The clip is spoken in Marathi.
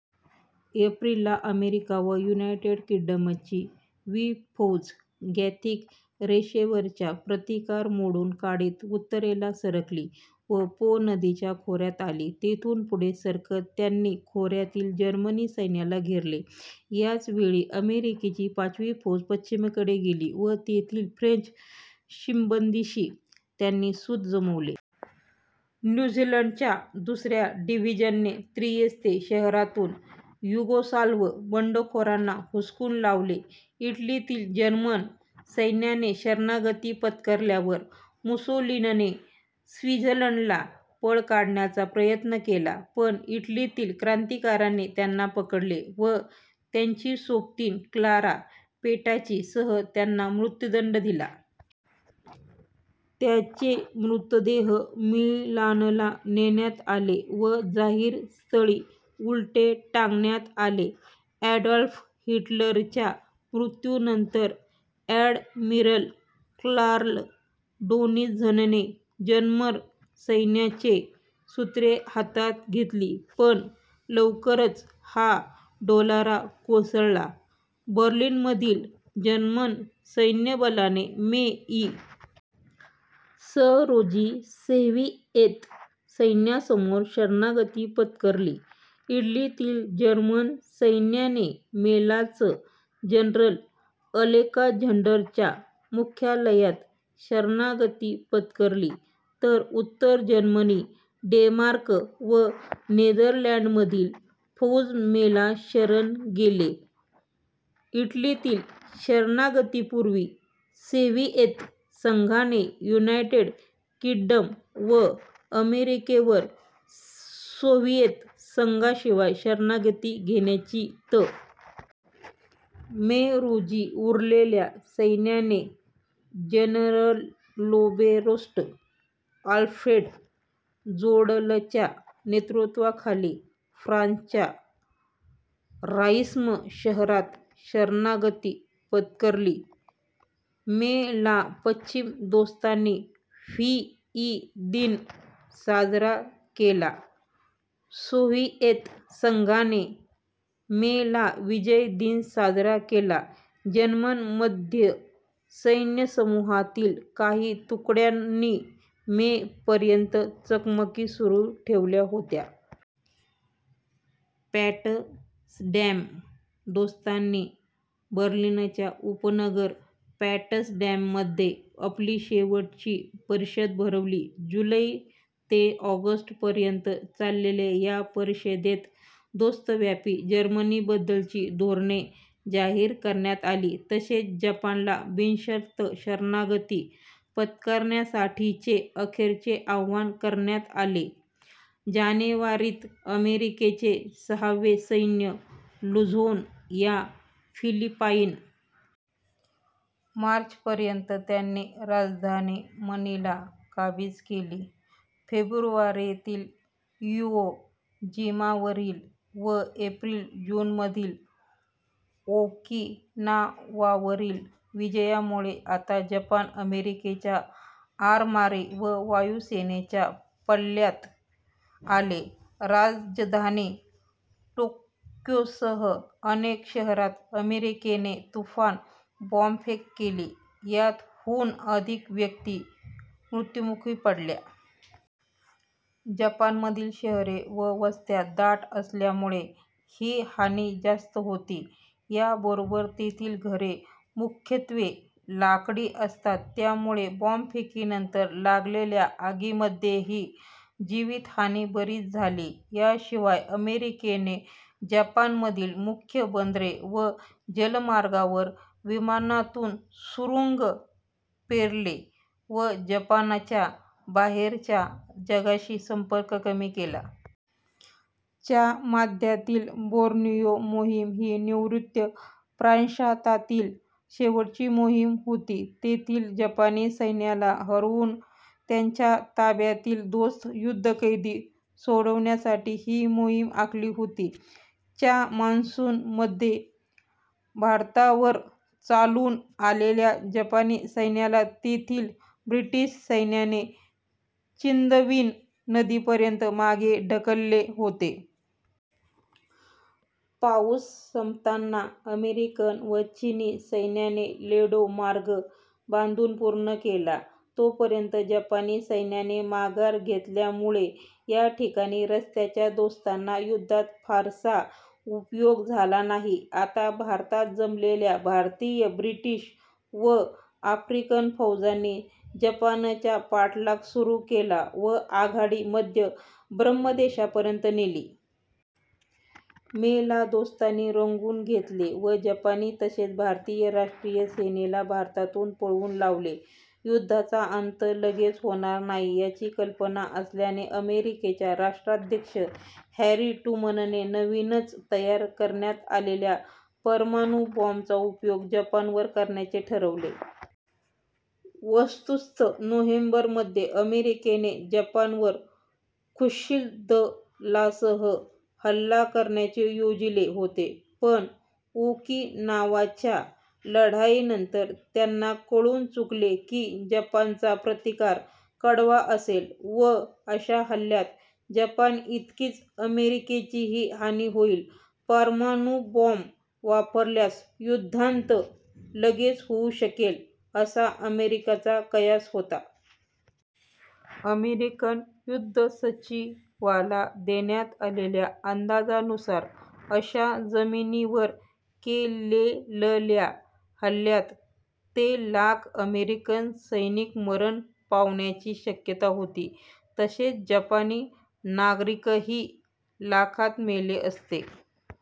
एप्रिल ला अमेरिका व युनायटेड किंग्डमची वी फौज गॉथिक रेषेवरचा प्रतिकार मोडून काढीत उत्तरेला सरकली व पो नदीच्या खोऱ्यात आली. येथून पुढे सरकत त्यांनी खोऱ्यातील जर्मन सैन्याला घेरले. याच वेळी अमेरिकेची पाचवी फौज पश्चिमेकडे गेली व तेथील फ्रेंच शिबंदीशी त्यांनी सूत जमवले. न्यू झीलंडच्या दुसऱ्या डिव्हीजनने त्रियेस्ते शहरातून युगोस्लाव्ह बंडखोरांना हुसकून लावले. इटलीतील जर्मन सैन्याने शरणागती पत्करल्यावर मुसोलिनीने स्वित्झर्लंडला पळ काढण्याचा प्रयत्न केला पण इटलीतील क्रांतीकाऱ्यांनी त्याला पकडले व त्याची सोबतीण क्लारा पेटाची सह त्यांना मृत्युदंड दिला. त्यांचे मृतदेह मिलानला नेण्यात आले व जाहीर स्थळी उलटे टांगण्यात आले. ॲडॉल्फ हिटलरच्या मृत्यूनंतर ॲडमिरल कार्ल डोनित्झने जर्मन सैन्याचे सूत्रे हातात घेतली पण लवकरच हा डोलारा कोसळला. बर्लिनमधील जर्मन सैन्यबलाने मे, इ. स. रोजी सोव्हिएत सैन्यासमोर शरणागती पत्करली. इटलीतील जर्मन सैन्याने मेलाच जनरल अलेक्झांडरच्या मुख्यालयात शरणागती पत्करली तर उत्तर जर्मनी, डेन्मार्क व नेदरलँड्समधील फौज मेला शरण गेले. इटलीतील शरणागतीपूर्वी सोव्हिएत संघाने युनायटेड किंग्डम व अमेरिकेवर सोव्हिएत संघाशिवाय शरणागती घेण्याची तयारी करण्याचा आरोप ठेवला. मे रोजी उरलेल्या सैन्याने जनरलोबेरोस्ट आल्फ्रेड जोड्लच्या नेतृत्वाखाली फ्रान्सच्या ऱ्हाइम्स शहरात शरणागती पत्करली. मे ला पश्चिमी दोस्तांनी व्ही. ई. दिन साजरा केला. सोव्हिएत संघाने मे ला विजय दिन साजरा केला. जर्मन मध्य सैन्यसमूहातील काही तुकड्यांनी मे - पर्यंत चकमकी सुरू ठेवल्या होत्या. पॉट्सडॅम दोस्तांनी बर्लिनच्या उपनगर पॉट्सडॅममध्ये आपली शेवटची परिषद भरवली. जुलै ते ऑगस्ट पर्यंत चाललेल्या या परिषदेत दोस्तव्याप्त जर्मनीबद्दलची धोरणे जाहीर करण्यात आली तसेच जपानला बिनशर्त शरणागती पत्करण्यासाठीचे अखेरचे आवाहन करण्यात आले. जानेवारीत अमेरिकेचे सहावे सैन्य लुझोन या फिलिपाईन्सच्या मुख्य बेटावर उतरले. मार्चपर्यंत त्यांनी राजधानी मनिला काबीज केली. फेब्रुवारीतील इवो जिमावरील व एप्रिल-जूनमधील ओकिनावावरील विजयांमुळे आता जपान अमेरिकेच्या आरमारी व वायुसेनेच्या पल्ल्यात आले. राजधानी टोक्योसह अनेक शहरांवर अमेरिकेने तुफान बॉम्बफेक केली. यात, हून अधिक व्यक्ती मृत्युमुखी पडल्या. जपानमधील शहरे व वस्त्या दाट असल्यामुळे ही हानी जास्त होती. या बरोबरच तेथील घरे मुख्यत्वे लाकडी असतात त्यामुळे बॉम्बफेकीनंतर लागलेल्या आगींमध्येही जीवितहानी बरीच झाली. या शिवाय अमेरिकेने जपानमधील मुख्य बंदरे व जलमार्गांवर विमानांतून सुरूंग पेरले व जपानचा बाहेरच्या जगाशी संपर्क कमी केला. च्या मध्यातील बॉर्नियो मोहीम ही नैर्ऋत्य प्रशांतातील शेवटची मोहीम होती. तेथील जपानी सैन्याला हरवून त्यांच्या ताब्यातील दोस्त युद्धकैदी सोडविण्यासाठी ही मोहीम आखली होती. च्या मॉन्सून मध्ये भारतावर चालून आलेल्या जपानी सैन्याला तेथील ब्रिटिश सैन्याने चिंदविन नदीपर्यंत मागे ढकलले होते. पाऊस संपताना अमेरिकन व चिनी सैन्याने लेडो मार्ग बांधून पूर्ण केला. तोपर्यंत जपानी सैन्याने माघार घेतल्यामुळे या कठीण रस्त्याचा दोस्तांना युद्धात फारसा उपयोग झाला नाही. आता भारतात जमलेल्या भारतीय, ब्रिटिश व आफ्रिकन फौजांनी जपान्यांचा पाठलाग सुरू केला व आघाडी मध्य ब्रह्मदेशपर्यंत नेली. मे ला दोस्तांनी रंगून घेतले व जपानी तसेच भारतीय राष्ट्रीय सेनेला भारतातून पळवून लावले. युद्धाचा अंत लगेच होणार नाही याची कल्पना आल्याने अमेरिकेच्या राष्ट्राध्यक्ष हॅरी ट्रुमनने नवीनच तयार करण्यात आलेल्या परमाणु बॉम्बचा उपयोग जपानवर करायचे ठरवले. वस्तुतः नोव्हेंबरमध्ये अमेरिकेने जपानवर खुश्कीदलासह हल्ला करण्याचे योजिले होते पण ओकिनावाच्या लढाईनंतर त्यांना कळून चुकले की जपानचा प्रतिकार कडवा असेल व अशा हल्ल्यात जपानइतकीच अमेरिकेचीही हानी होईल. परमाणुबॉम्ब वापरल्यास युद्धांत लगेच होऊ शकेल असा अमेरिकेचा कयास होता. अमेरिकन युद्धसचिवाला देण्यात आलेल्या अंदाजानुसार अशा जमिनीवर केलेलल्या हल्ल्यात ते लाख अमेरिकन सैनिक मरण पावण्याची शक्यता होती. तसेच जपानी नागरिकही लाखांत मेले असते.